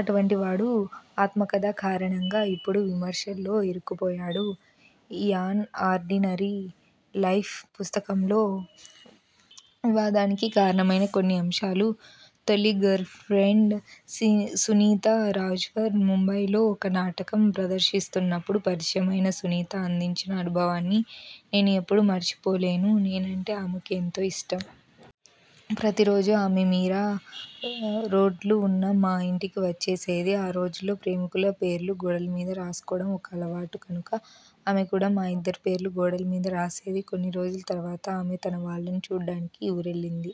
అటువంటి వాడు ఆత్మకథ కారణంగా ఇప్పుడు విమర్శల్లో ఇరుక్కుపోయాడు. 'యాన్ ఆర్డినరీ లైఫ్' పుస్తకంలో వివాదానికి కారణమైన కొన్ని అంశాలు తొలి గర్ల్ ఫ్రెండ్ సి సునీతా రాజ్వర్ ముంబైలో ఒక నాటకం ప్రదర్శిస్తున్పప్పుడు పరిచయమైన సునీత అందించిన అనుభవాన్ని నేను ఎప్పుడూ మరిచిపోలేను. నేనంటే ఆమెకు ఎంతో ఇష్టం. ప్రతి రోజూ ఆమె మీరా రోడ్లు ఉన్న మా ఇంటికి వచ్చేసేది. ఆ రోజుల్లో ప్రేమికుల పేర్లు గోడల మీద రాసుకోవడం ఒక అలవాటు కనుక ఆమె కూడా మా ఇద్దరి పేర్లు గోడల మీద రాసేది. కొన్ని రోజుల తర్వాత ఆమె తన వాళ్లని చూడటానికి ఊరెళ్లింది.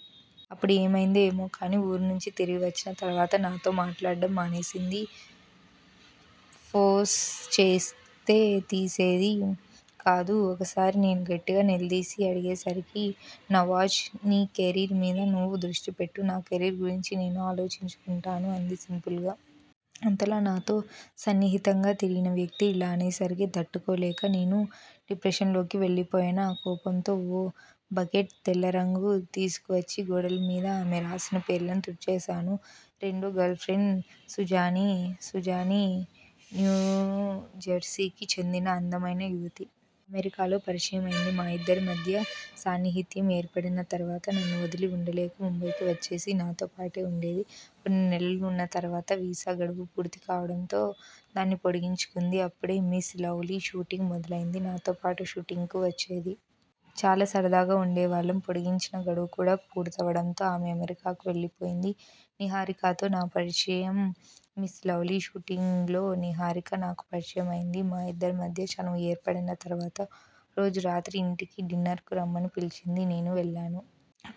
అప్పుడు ఏమయిందో ఏమో కానీ ఊరు నుంచి తిరిగి వచ్చిన తర్వాత నాతో మాట్లాడటం మానేసింది. ఫోస్ చేస్తే తీసేది కాదు. ఒకసారి నేను గట్టిగా నిలదీసి అడిగేసరికి 'నవాజ్! నీ కెరీర్ మీద నువ్వు దృష్టి పెట్టు, నా కెరీర్ గురించి నేను ఆలోచించుకుంటాను' అంది సింపుల్గా. అంతలా నాతో సన్నిహితంగా తిరిగిన వ్యక్తి ఇలా అనేసరికి తట్టుకోలేక నేను డిప్రెషన్లోకి వెళ్లిపోయాను. ఆ కోపంతో ఓ బకెట్ తెల్ల రంగు తీసుకువచ్చి గోడల మీద ఆమె రాసిన పేర్లని తుడిచేశాను. రెండో గర్ల్ ఫ్రెండ్ సుజానే. సుజానే న్యూజెర్సీకి చెందిన అందమైన యువతి. అమెరికాలో పరిచయమైంది. మా ఇద్దరి మధ్య సాన్నిహిత్యం ఏర్పడిన తర్వాత నన్ను వదిలి ఉండలేక ముంబైకి వచ్చేసి నాతో పాటే ఉండేది. కొన్ని నెలలు ఉన్న తర్వాత వీసా గడువు పూర్తి కావడంతో దాన్ని పొడిగించుకుంది. అప్పుడే 'మిస్ లవ్లీ' షూటింగ్ మొదలైంది. నాతో పాటు షూటింగ్కు వచ్చేది. చాలా సరదాగా ఉండేవాళ్లం. పొడిగించిన గడువు కూడా పూర్తవడంతో ఆమె అమెరికా వెళ్లిపోయింది. నిహారికతో నా పరిచయం'మిస్ లవ్లీ' షూటింగ్లో నిహారిక నాకు పరిచయమైంది. మా ఇద్దరి మధ్య చనువు ఏర్పడిన తర్వాత ఓ రోజు రాత్రి ఇంటికి డిన్నర్కు రమ్మని పిలిచింది. నేను వెళ్లాను.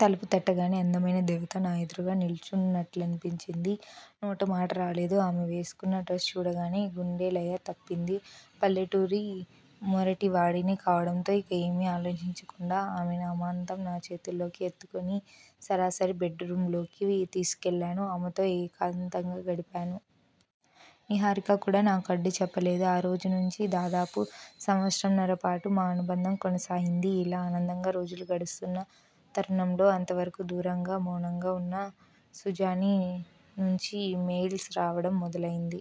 తలుపు తట్టగానే అందమైన దేవత నా ఎదురుగా నిలుచున్నట్లనిపించి నోట మాటరాలేదు. ఆమె వేసుకొన్న డ్రస్ చూడగానే గుండె లయ తప్పింది. పల్లెటూరి మొరటివాడిని కావడంతో ఇక ఏమీ ఆలోచించకుండా ఆమెని అమాంతం నా చేతుల్లోకి ఎత్తుకొని సరాసరి బెడ్రూమ్లోకి తీసుకెళ్లాను. ఆమెతో ఏకాంతంగా గడిపాను. నిహారిక కూడా నాకు అడ్డు చెప్పలేదు. ఆ రోజు నుంచి దాదాపు సంవత్సరన్నర పాటు మా అనుబంధం కొనసాగింది. ఇలా ఆనందంగా రోజులు గడుస్తున్న తరుణంలో అంతవరకూ దూరంగా, మౌనంగా ఉన్న సుజానే నుంచి మెయిల్స్ రావడం మొదలైంది.